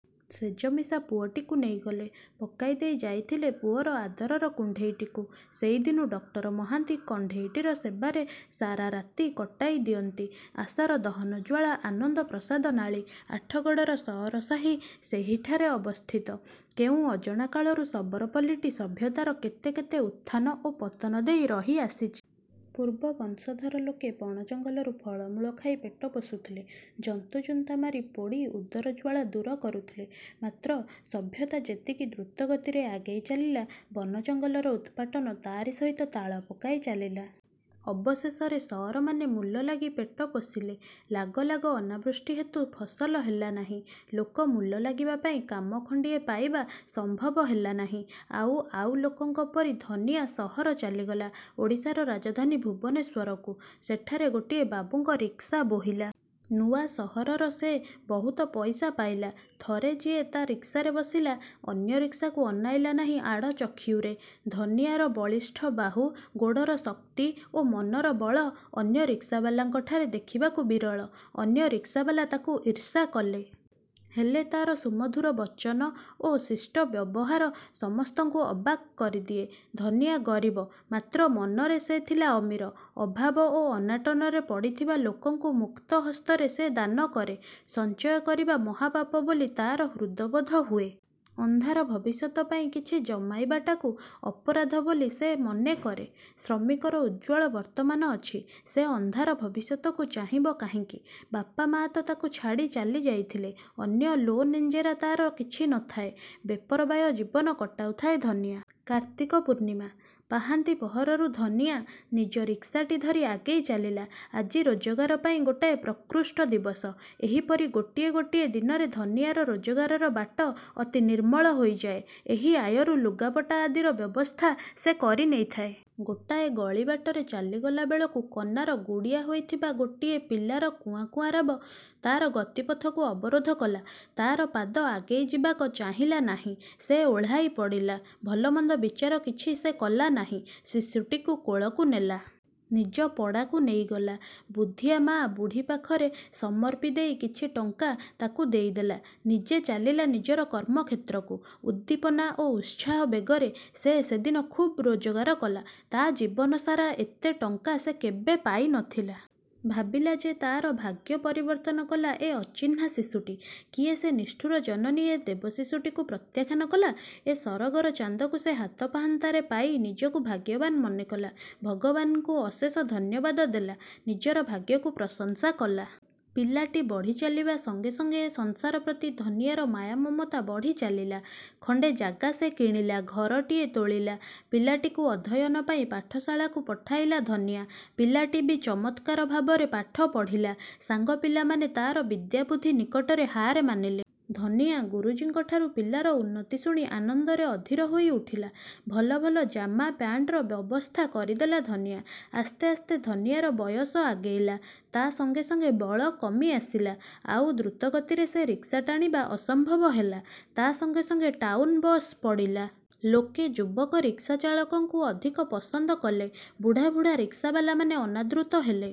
ଶେଯମିଶା ପୁଅଟିକୁ ନେଇଗଲେ। ପକାଇ ଦେଇ ଯାଇଥିଲେ ପୁଅର ଆଦରର କୁଣ୍ଢେଇଟିକୁ। ସେଇଦିନୁ ଡକ୍ଟର ମହାନ୍ତି କଣ୍ଢେଇଟିର ସେବାରେ ସାରା ରାତି କଟାଇଦିଅନ୍ତି। ଆଶାର ଦହନଜ୍ୱାଳା ଆନନ୍ଦ ପ୍ରସାଦ ନାଳୀ। ଆଠଗଡ଼ର ସଅର ସାହି ସେହିଠାରେ ଅବସ୍ଥିତ। କେଉଁ ଅଜଣା କାଳରୁ ଶବର ପଲ୍ଲୀଟି ସଭ୍ୟତାର କେତେ କେତେ ଉତ୍ଥାନ ଓ ପତନ ଦେଇ ରହି ଆସିଚି। ପୂର୍ବ ବଂଶଧର ଲୋକେ ବଣ ଜଙ୍ଗଲରୁ ଫଳ ମୂଳ ଖାଇ ପେଟ ପୋଷୁଥିଲେ। ଜନ୍ତୁ ଜୁନ୍ତା ମାରି, ପୋଡ଼ି ଉଦର ଜ୍ୱାଳା ଦୂର କରୁଥିଲେ। ମାତ୍ର ସଭ୍ୟତା ଯେତିକି ଦ୍ରୁତ ଗତିରେ ଆଗେଇ ଚାଲିଲା, ବନ ଜଙ୍ଗଲର ଉତ୍ପାଟନ ତାରି ସହିତ ତାଳ ପକାଇ ଚାଲିଲା। ଅବଶେଷରେ ସଅରମାନେ ମୂଲ ଲାଗି ପେଟ ପୋଷିଲେ। ଲାଗ ଲାଗ ଅନାବୃଷ୍ଟି ହେତୁ ଫସଲ ହେଲାନାହିଁ। ଲୋକ ମୂଲ ଲାଗିବା ପାଇଁ କାମ ଖଣ୍ତିଏ ପାଇବା ସମ୍ଭବ ହେଲାନାହିଁ। ଆଉ ଆଉ ଲୋକଙ୍କ ପରି ଧନିଆ ସହର ଚାଲିଗଲା ଓଡ଼ିଶାର ରାଜଧାନୀ ଭୁବନେଶ୍ୱରକୁ। ସେଠାରେ ଗୋଟିଏ ବାବୁଙ୍କ ରିକ୍ସା ବୋହିଲା। ନୂଆ ସହରର ସେ ବହୁତ ପଇସା ପାଇଲା। ଥରେ ଯିଏ ତା ରିକ୍ସାରେ ବସିଲା, ଅନ୍ୟ ରିକ୍ସାକୁ ଅନାଇଲା ନାହିଁ ଆଡ଼ଚକ୍ଷୁରେ। ଧନିଆର ବଳିଷ୍ଠ ବାହୁ, ଗୋଡ଼ର ଶକ୍ତି ଓ ମନର ବଳ ଅନ୍ୟ ରିକ୍ସାବାଲାଙ୍କଠାରେ ଦେଖିବାକୁ ବିରଳ। ଅନ୍ୟ ରିକ୍ସାବାଲା ତାକୁ ଈର୍ଷା କଲେ। ହେଲେ ତାର ସୁମଧୁର ବଚନ ଓ ଶିଷ୍ଟ ବ୍ୟବହାର ସମସ୍ତଙ୍କୁ ଅବାକ୍ କରିଦିଏ। ଧନିଆ ଗରିବ; ମାତ୍ର ମନରେ ସେ ଥିଲା ଅମୀର। ଅଭାବ ଓ ଅନାଟନରେ ପଡ଼ିଥିବା ଲୋକଙ୍କୁ ମୁକ୍ତ ହସ୍ତରେ ସେ ଦାନ କରେ। ସଞ୍ଚୟ କରିବା ମହାପାପ ବୋଲି ତାର ହୃଦବୋଧ ହୁଏ। ଅନ୍ଧାର ଭବିଷ୍ୟତ ପାଇଁ କିଛି ଜମାଇବାଟାକୁ ଅପରାଧ ବୋଲି ସେ ମନେ କରେ। ଶ୍ରମିକର ଉଜ୍ଜ୍ୱଳ ବର୍ତ୍ତମାନ ଅଛି, ସେ ଅନ୍ଧାର ଭବିଷ୍ୟତକୁ ଚାହିଁବ କାହିଁକି? ବାପ ମା'ତ ତାକୁ ଛାଡ଼ି ଚାଲିଯାଇଥିଲେ। ଅନ୍ୟ ଲୋନେଞ୍ଜେରା ତାର କିଛି ନ ଥାଏ। ବେପରବାୟ ଜୀବନ କଟାଉଥାଏ ଧନିଆ। କାର୍ତ୍ତିକ ପୂର୍ଣ୍ଣିମା। ପାହାନ୍ତି ପହରରୁ ଧନିଆଁ ନିଜ ରିକ୍ସାଟି ଧରି ଆଗେଇ ଚାଲିଲା। ଆଜି ରୋଜଗାର ପାଇଁ ଗୋଟାଏ ପ୍ରକୃଷ୍ଟ ଦିବସ। ଏହିପରି ଗୋଟିଏ ଗୋଟିଏ ଦିନରେ ଧନିଆର ରୋଜଗାରର ବାଟ ଅତି ନିର୍ମଳ ହୋଇଯାଏ। ଏହି ଆୟରୁ ଲୁଗାପଟା ଆଦିର ବ୍ୟବସ୍ଥା ସେ କରି ନେଇଥାଏ। ଗୋଟାଏ ଗଳି ବାଟରେ ଚାଲିଗଲା ବେଳକୁ କନାର ଗୁଡ଼ିଆ ହୋଇଥିବା ଗୋଟିଏ ପିଲାର 'କୁଆଁ' 'କୁଆଁ' ରାବ ତା'ର ଗତିପଥ ଅବରୋଧ କଲା। ତାର ପାଦ ଆଗେଇ ଯିବାକ ଚାହିଁଲା ନାହିଁ। ସେ ଓହ୍ଳାଇ ପଡ଼ିଲା। ଭଲମନ୍ଦ ବିଚାର କିଛି ସେ କଲା ନାହିଁ। ଶିଶୁଟିକୁ କୋଳକୁ ନେଲା। ନିଜ ପଡ଼ାକୁ ନେଇଗଲା। ବୁଦ୍ଧିଆ ମା ବୁଢ଼ୀ ପାଖରେ ସମର୍ପି ଦେଇ କିଛି ଟଙ୍କା ତାକୁ ଦେଇଦେଲା। ନିଜେ ଚାଲିଲା ନିଜର କର୍ମକ୍ଷେତ୍ରକୁ। ଉଦ୍ଦୀପନା ଓ ଉତ୍ସାହ ବେଗରେ ସେ ସେଦିନ ଖୁବ୍ ରୋଜଗାର କଲା। ତା ଜୀବନ ସାରା ଏତେ ଟଙ୍କା ସେ କେବେ ପାଇ ନ ଥିଲା। ଭାବିଲା ଯେ, ତାର ଭାଗ୍ୟ ପରିବର୍ତ୍ତନ କଲା ଏ ଅଚିହ୍ନା ଶିଶୁଟି। କିଏ ସେ ନିଷ୍ଠୁର ଜନନୀ ଏ ଦେବଶିଶୁଟିକୁ ପ୍ରତ୍ୟାଖ୍ୟାନ କଲା! ଏ ସରଗର ଚାନ୍ଦକୁ ସେ ହାତ ପାହାନ୍ତାରେ ପାଇ ନିଜକୁ ଭାଗ୍ୟବାନ୍ ମନେ କଲା। ଭଗବାନଙ୍କୁ ଅଶେଷ ଧନ୍ୟବାଦ ଦେଲା। ନିଜର ଭାଗ୍ୟକୁ ପ୍ରଶଂସା କଲା। ପିଲାଟି ବଢ଼ି ଚାଲିବା ସଙ୍ଗେ ସଙ୍ଗେ ସଂସାର ପ୍ରତି ଧନିଆର ମାୟା ମମତା ବଢ଼ି ଚାଲିଲା। ଖଣ୍ତେ ଜାଗା ସେ କିଣିଲା। ଘରଟିଏ ତୋଳିଲା। ପିଲାଟିକୁ ଅଧ୍ୟୟନ ପାଇଁ ପାଠଶାଳାକୁ ପଠାଇଲା ଧନିଆ। ପିଲାଟି ବି ଚମତ୍କାର ଭାବରେ ପାଠ ପଢ଼ିଲା। ସାଙ୍ଗ ପିଲାମାନେ ତାର ବିଦ୍ୟାବୁଦ୍ଧି ନିକଟରେ ହାର ମାନିଲେ। ଧନିଆଁ ଗୁରୁଜୀଙ୍କଠାରୁ ପିଲାର ଉନ୍ନତି ଶୁଣି ଆନନ୍ଦରେ ଅଧୀର ହୋଇ ଉଠିଲା। ଭଲ ଭଲ ଜାମା, ପ୍ୟାଣ୍ଟର ବ୍ୟବସ୍ଥା କରିଦେଲା ଧନିଆ। ଆସ୍ତେ ଆସ୍ତେ ଧନିଆର ବୟସ ଆଗେଇଲା। ତା ସଙ୍ଗେ ସଙ୍ଗେ ବଳ କମି ଆସିଲା। ଆଉ ଦ୍ରୁତ ଗତିରେ ସେ ରିକ୍ସା ଟାଣିବା ଅସମ୍ଭବ ହେଲା; ତା ସଙ୍ଗେ ସଙ୍ଗେ ଟାଉନ୍ ବସ୍ ପଡ଼ିଲା। ଲୋକେ ଯୁବକ ରିକ୍ସା ଚାଳକଙ୍କୁ ଅଧିକ ପସନ୍ଦ କଲେ। ବୁଢ଼ା ବୁଢ଼ା ରିକ୍ସାବାଲାମାନେ ଅନାଦ୍ରୁତ ହେଲେ।